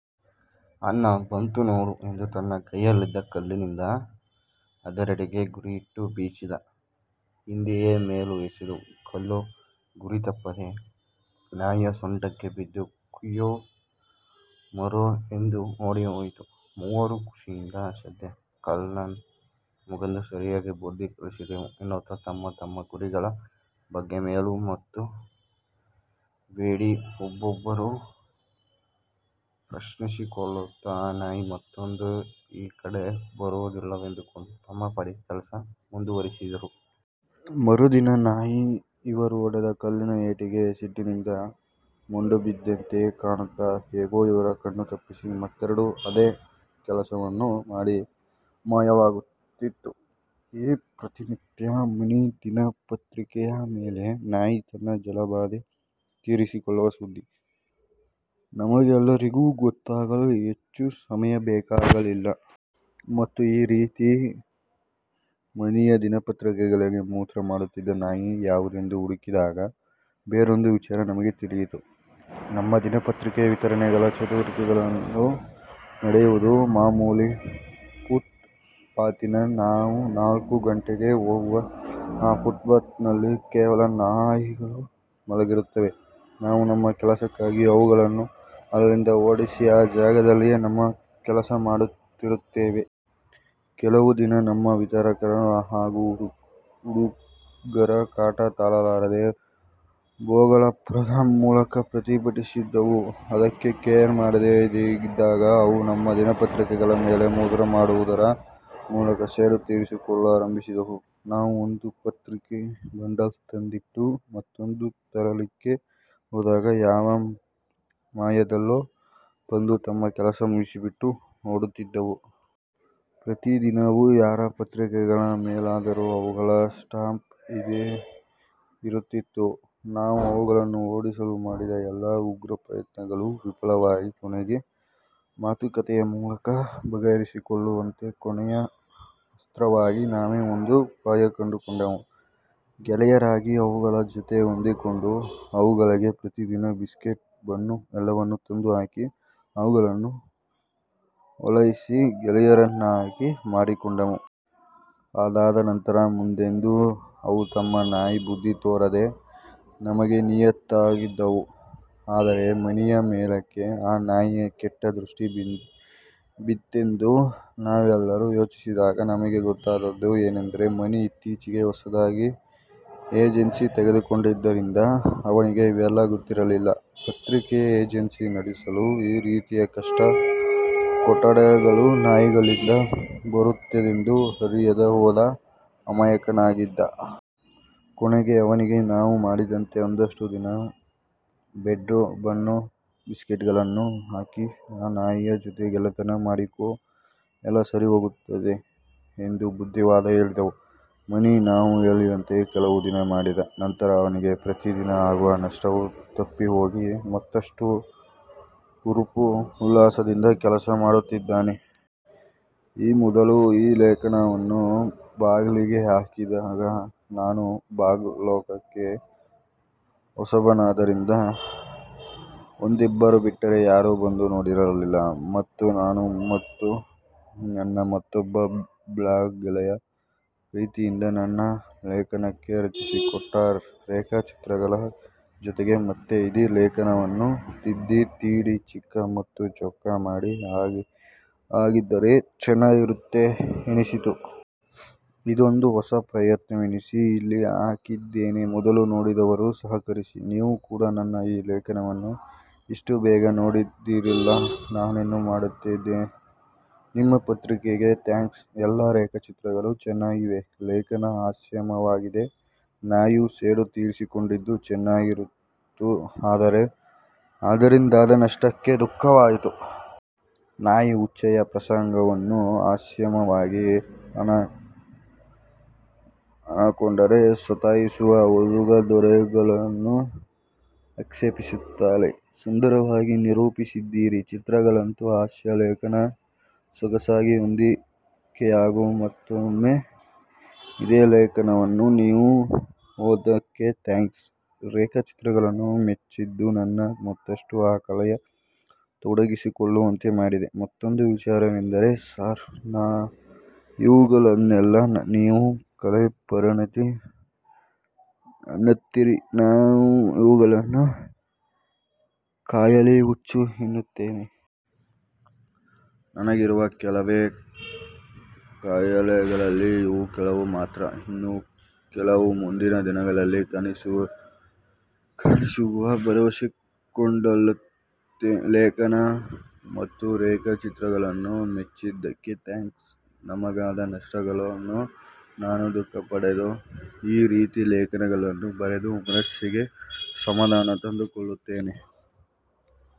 "ಆಣ್ಣ ಬಂತು ನೋಡು ಎಂದು ತನ್ನ ಕೈಯಲ್ಲಿದ್ದ ಕಲ್ಲಿನಿಂದ ಅದರೆಡೆಗೆ ಗುರಿಯಿಟ್ಟು ಬೀಸಿದ. ಹಿಂದೆಯೇ ವೇಲು ಎಸೆದ ಕಲ್ಲು ಗುರಿತಪ್ಪದೇ ನಾಯಿಯ ಸೊಂಟಕ್ಕೆ ಬಿದ್ದು ಕುಯ್ಯೋ ಮರ್ರೋ ಎಂದು ಓಡಿಹೋಯಿತು. ಮೂವರು ಖುಷಿಯಿಂದ ಸದ್ಯ ಕಳ್ಳನನ್ ಮಗಂದು ಸರಿಯಾಗಿ ಬುದ್ಧಿ ಕಲಿಸಿದೆವು ಎನ್ನುತ್ತಾ ತಮ್ಮ ತಮ್ಮ ಗುರಿಗಳ ಬಗ್ಗೆ ವೇಲು ಮತ್ತು ವೇಡಿ ಒಬ್ಬರಿಗೊಬ್ಬರು ಪ್ರಶಂಸಿಸಿಕೊಳ್ಳುತ್ತಾ ಆ ನಾಯಿ ಮತ್ತೆಂದು ಈ ಕಡೆ ಬರುವುದಿಲ್ಲವೆಂದುಕೊಂಡು ತಮ್ಮ ಪಾಡಿಗೆ ಕೆಲಸ ಮುಂದುವರಿಸಿದರು. ಮರುದಿನ ನಾಯಿ ಇವರು ಹೊಡೆದ ಕಲ್ಲಿನ ಏಟಿಗೆ ಸಿಟ್ಟಿನಿಂದ ಮೊಂಡುಬಿದ್ದಿತೆಂದು ಕಾಣುತ್ತದೆ. ಹೇಗೋ ಇವರ ಕಣ್ಣು ತಪ್ಪಿಸಿ ಮತ್ತೆರಡು ಆದೇ ಕೆಲಸವನ್ನು ಮಾಡಿ ಮಾಯವಾಗಿತ್ತು. ಈ ಪ್ರತಿನಿತ್ಯ ಮಣಿ ದಿನಪತ್ರಿಕೆಯ ಮೇಲೆ ನಾಯಿ ತನ್ನ ಜಲಭಾದೆ ತೀರಿಸಿಕೊಳ್ಳುವ ಸುದ್ಧಿ ನಮಗೆಲ್ಲರಿಗೂ ಗೊತ್ತಾಗಲು ಹೆಚ್ಚು ಸಮಯ ಬೇಕಾಗಲಿಲ್ಲ. ಮತ್ತು ಈ ರೀತಿ ಮಣಿಯ ದಿನಪತ್ರಿಕೆಗಳಿಗೆ ಮೂತ್ರ ಮಾಡುತ್ತಿದ್ದ ನಾಯಿ ಯಾವುದೆಂದು ಹುಡುಕಿದಾಗ ಬೇರೊಂದು ವಿಚಾರ ನಮಗೆ ತಿಳಿಯಿತು. ನಮ್ಮ ದಿನಪತ್ರಿಕೆ ವಿತರಣೆಗಳ ಚಟುವಟಿಕೆಗಳು ನಡೆಯುವುದು ಮಾಮೂಲಿ ಫುಟ್ ಪಾತಿನಲ್ಲಿ. ನಾವು ನಾಲ್ಕು ಗಂಟೆಗೆ ಹೋಗುವಾಗ ಆ ಫುಟ್ ಪಾತಿನಲ್ಲಿ ಕೆಲವು ನಾಯಿಗಳು ಮಲಗಿರುತ್ತವೆ. ನಾವು ನಮ್ಮ ಕೆಲಸಕ್ಕಾಗಿ ಅವುಗಳನ್ನು ಅಲ್ಲಿಂದ ಓಡಿಸಿ ಆ ಜಾಗದಲ್ಲೇ ನಮ್ಮ ಕೆಲಸ ಮಾಡುತ್ತಿರುತ್ತೇವೆ. ಕೆಲವು ದಿನ ನಮ್ಮ ವಿತರಕರು ಹಾಗೂ ಹುಡುಗರ ಕಾಟ ತಾಳಲಾರದೆ, ಬೊಗಳುವುದರ ಮೂಲಕ್ ಪ್ರತಿಭಟಿಸಿದವು. ಅದಕ್ಕೆ ಕೇರ್ ಮಾಡದೆ ಇದ್ದಾಗ ಅವು ನಮ್ಮ ದಿನಪತ್ರಿಕೆಗಳ ಮೇಲೆ ಮೂತ್ರ ಮಾಡುವುದರ ಮೂಲಕ ಸೇಡು ತೀರಿಸಿಕೊಳ್ಳಲಾರಂಭಿಸಿದವು. ನಾವು ಒಂದು ಪತ್ರಿಕೆ ಬಂಡಲ್ ತಂದಿಟ್ಟು ಮತ್ತೊಂದು ತರಲಿಕ್ಕೆ ಹೋದಾಗ ಯಾವ ಮಾಯದಲ್ಲೋ ಬಂದು ತಮ್ಮ ಕೆಲಸ ಮುಗಿಸಿಬಿಟ್ಟು ಓಡುತ್ತಿದ್ದವು. ಪ್ರತಿದಿನವೂ ಯಾರ ಪತ್ರಿಕೆಗಳ ಮೇಲಾದರೂ ಅವುಗಳ ಸ್ಟಾಂಪ್ ಇದ್ದೇ ಇರುತ್ತಿತ್ತು. ನಾವು ಅವುಗಳನ್ನು ಓಡಿಸಲು ಮಾಡಿದ ಎಲ್ಲಾ ಉಗ್ರ ಪ್ರಯತ್ನಗಳು ವಿಫಲವಾಗಿ ಕೊನೆಗೆ ಮಾತುಕತೆಯ ಮೂಲಕ ಬಗೆಹರಿಸಿಕೊಳ್ಳುವಂತೆ ಕೊನೆಯ ಅಸ್ತ್ರವಾಗಿ ನಾವೇ ಒಂದು ಉಪಾಯ ಕಂಡು ಕೊಂಡೆವು. ಗೆಳೆಯರಾಗಿ ಅವುಗಳ ಜೊತೆ ಹೊಂದಿಕೊಂಡು ಅವುಗಳಿಗೆ ಪ್ರತಿದಿನ ಬಿಸ್ಕೆಟ್ಟು, ಬನ್ನು ಎಲ್ಲವನ್ನು ತಂದು ಹಾಕಿ ಅವುಗಳನ್ನು ಓಲೈಸಿ ಗೆಳೆಯರನ್ನಾಗಿ ಮಾಡಿಕೊಂಡೆವು. ಅದಾದ ನಂತರ ಮುಂದೆಂದು ಅವು ತಮ್ಮ ನಾಯಿ ಬುದ್ದಿ ತೋರದೆ ನಮಗೆ ನಿಯತ್ತಾಗಿದ್ದವು. ಅದರೆ ಮಣಿಯ ಮೇಲೇಕೆ ಆ ನಾಯಿಯ ಕೆಟ್ಟ ದೃಷ್ಟಿ ಬಿತ್ತೆಂದು ನಾವೆಲ್ಲರೂ ಯೋಚಿಸಿದಾಗ ನಮಗೆ ಗೊತ್ತಾದದ್ದು ಏನೆಂದರೆ, ಮಣಿ ಇತ್ತೀಚೆಗೆ ಹೊಸದಾಗಿ ಏಜೆನ್ಸಿ ತೆಗೆದುಕೊಂಡಿದ್ದರಿಂದ ಅವನಿಗೆ ಇವೆಲ್ಲಾ ಗೊತ್ತಿರಲಿಲ್ಲ. ಪತ್ರಿಕೆಯ ಏಜೆನ್ಸಿ ನಡೆಸಲು ಈ ರೀತಿಯ ಕಷ್ಟ-ಕೋಟಲೆಗಳು ನಾಯಿಗಳಿಂದ ಬರುತ್ತದೆಂದು ಅರಿಯದ ಹೋದ ಅಮಾಯಕನಾಗಿದ್ದ. ಕೊನೆಗೆ ಅವನಿಗೆ ನಾವು ಮಾಡಿದಂತೆ ಒಂದಷ್ಟು ದಿನ ಬ್ರೆಡ್ಡು, ಬನ್ನು, ಬಿಸ್ಕೆಟ್ಟುಗಳನ್ನು ಹಾಕಿ ಅ ನಾಯಿಯ ಜೊತೆ ಗೆಳೆತನ ಮಾಡಿಕೊ ಎಲ್ಲಾ ಸರಿಹೋಗುತ್ತದೆ ಎಂದು ಬುದ್ಧಿವಾದ ಹೇಳಿದೆವು. ಮಣಿ ನಾವು ಹೇಳಿದಂತೆ ಕೆಲವು ದಿನ ಮಾಡಿದ ನಂತರ ಅವನಿಗೆ ಪ್ರತಿದಿನ ಆಗುವ ನಷ್ಟವು ತಪ್ಪಿಹೋಗಿ ಮತ್ತಷ್ಟು ಹುರುಪು ಉಲ್ಲಾಸದಿಂದ ಕೆಲಸ ಮಾಡುತ್ತಿದ್ದಾನೆ. ಈ ಮೊದಲು ಈ ಲೇಖನವನ್ನು ಬ್ಲಾಗಿಗೆ ಹಾಕಿದಾಗ ನಾನು ಬ್ಲಾಗ್ ಲೋಕಕ್ಕೆ ಹೊಸಬನಾದ್ದರಿಂದ ಒಂದಿಬ್ಬರು ಬಿಟ್ಟರೆ ಯಾರು ಬಂದು ನೋಡಿರಲಿಲ್ಲ. ಮತ್ತು ನಾನು ಮತ್ತು ನನ್ನ ಮತ್ತೊಬ್ಬ ಬ್ಲಾಗ್ ಗೆಳಯ ಪ್ರೀತಿಯಿಂದ ನನ್ನ ಈ ಲೇಖನಕ್ಕೆ ರಚಿಸಿಕೊಟ್ಟ ರೇಖಾಚಿತ್ರಗಳ ಜೊತೆಗೆ ಮತ್ತೆ ಇದೇ ಲೇಖನವನ್ನು ತಿದ್ದಿ ತೀಡಿ ಚಿಕ್ಕ ಮತ್ತು ಚೊಕ್ಕ ಮಾಡಿ ಹಾಕಿದರೆ ಚೆನ್ನಾಗಿರುತ್ತದೆ ಎನಿಸಿತ್ತು. ಇದೊಂದು ಹೊಸ ಪ್ರಯತ್ನವೆನಿಸಿ ಇಲ್ಲಿ ಹಾಕಿದ್ದೇನೆ. ಮೊದಲು ನೋಡಿದವರೂ ಸಹಕರಿಸಿ. ನೀವು ಕೂಡ ನನ್ನ ಈ ಲೇಖನವನ್ನು ಇಷ್ಟು ಬೇಗ ನೋಡಿದಿರಲ್ಲ! ನಾನಿನ್ನು ಮಾಡುತ್ತಿದ್ದೆ. ನಿಮ್ಮ ಪ್ರತಿಕ್ರಯೆಗೆ ಥ್ಯಾಂಕ್ಸ್. ಎಲ್ಲಾ ರೇಖಾಚಿತ್ರಗಳು ಚೆನ್ನಾಗಿವೆ. ಲೇಖನ ಹಾಸ್ಯಮಯವಾಗಿದೆ. ನಾಯಿಯು ಸೇಡು ತೀರಿಸಿಕೊಂಡಿದ್ದು ಚೆನ್ನಾಗಿತ್ತುಆದರೆ ಅದರಿಂದಾದ ನಷ್ಟಕ್ಕೆ ದುಃಖವಾಯಿತು. ನಾಯಿ ಉಚ್ಚೆಯ ಪ್ರಸಂಗವನ್ನು ಹಾಸ್ಯಮಯವಾಗಿ, ಹಣಕೊಡದೆ ಸತಾಯಿಸುವ ಓದುಗ 'ದೊರೆ'ಗಳನ್ನು ಆಕ್ಷೇಪಿಸುತ್ತಲೇ ಸುಂದರವಾಗಿ ನಿರೂಪಿಸಿದ್ದೀರಿ, ಚಿತ್ರಗಳಂತೂ ಹಾಸ್ಯಲೇಖನಕ್ಕೆ ಸೊಗಸಾಗಿ ಹೊಂದಿಕೆಯಾಗಿವೆಮತ್ತೊಮ್ಮೆ ಇದೇ ಲೇಖನವನ್ನು ನೀವು ಓದಿದಕ್ಕೆ ಥ್ಯಾಂಕ್ಸ್. ರೇಖಚಿತ್ರಗಳನ್ನು ಮೆಚ್ಚಿದ್ದು ನನ್ನನ್ನು ಮತ್ತಷ್ಟು ಆ ಕಲೆಯಲ್ಲಿ ತೊಡಗಿಸಿಕೊಳ್ಳುವಂತೆ ಮಾಡಿದೆ. ಮತ್ತೊಂದು ವಿಚಾರವೆಂದರೆ ಸಾರ್ ಇವುಗಳನ್ನೆಲ್ಲಾ ನೀವು ಕಲೆ ಪರಿಣತಿ ಅನ್ನುತ್ತೀರಿನಾನಿವುಗಳನ್ನು ಖಯಾಲಿ, ಹುಚ್ಚು, ಎನ್ನುತ್ತೇನೆ. ನನಗಿರುವ ಕೆಲವೇ ಖಯಾಲಿಗಳಲ್ಲಿ ಇವು ಕೆಲವು ಮಾತ್ರ. ಇನ್ನು ಕೆಲವು ಮುಂದಿನ ದಿನಗಳಲ್ಲಿ ಕಾಣಸಿಗುವ ಭರವಸೆಕೊಡುತ್ತೇನೆಲೇಖನ ಮತ್ತು ರೇಖ ಚಿತ್ರಗಳನ್ನು ಮೆಚ್ಚಿದ್ದಕ್ಕೆ ಥ್ಯಾಂಕ್ಸ್. ನಮಗಾದ ನಷ್ಟಗಳನ್ನು ನಾನು ದುಃಖಪಡದೆ ಈ ರೀತಿ ಲೇಖನಗಳನ್ನು ಬರೆದು ಮನಸ್ಸಿಗೆ ಸಮಾಧಾನ ತಂದುಕೊಳ್ಳುತ್ತೇನೆ.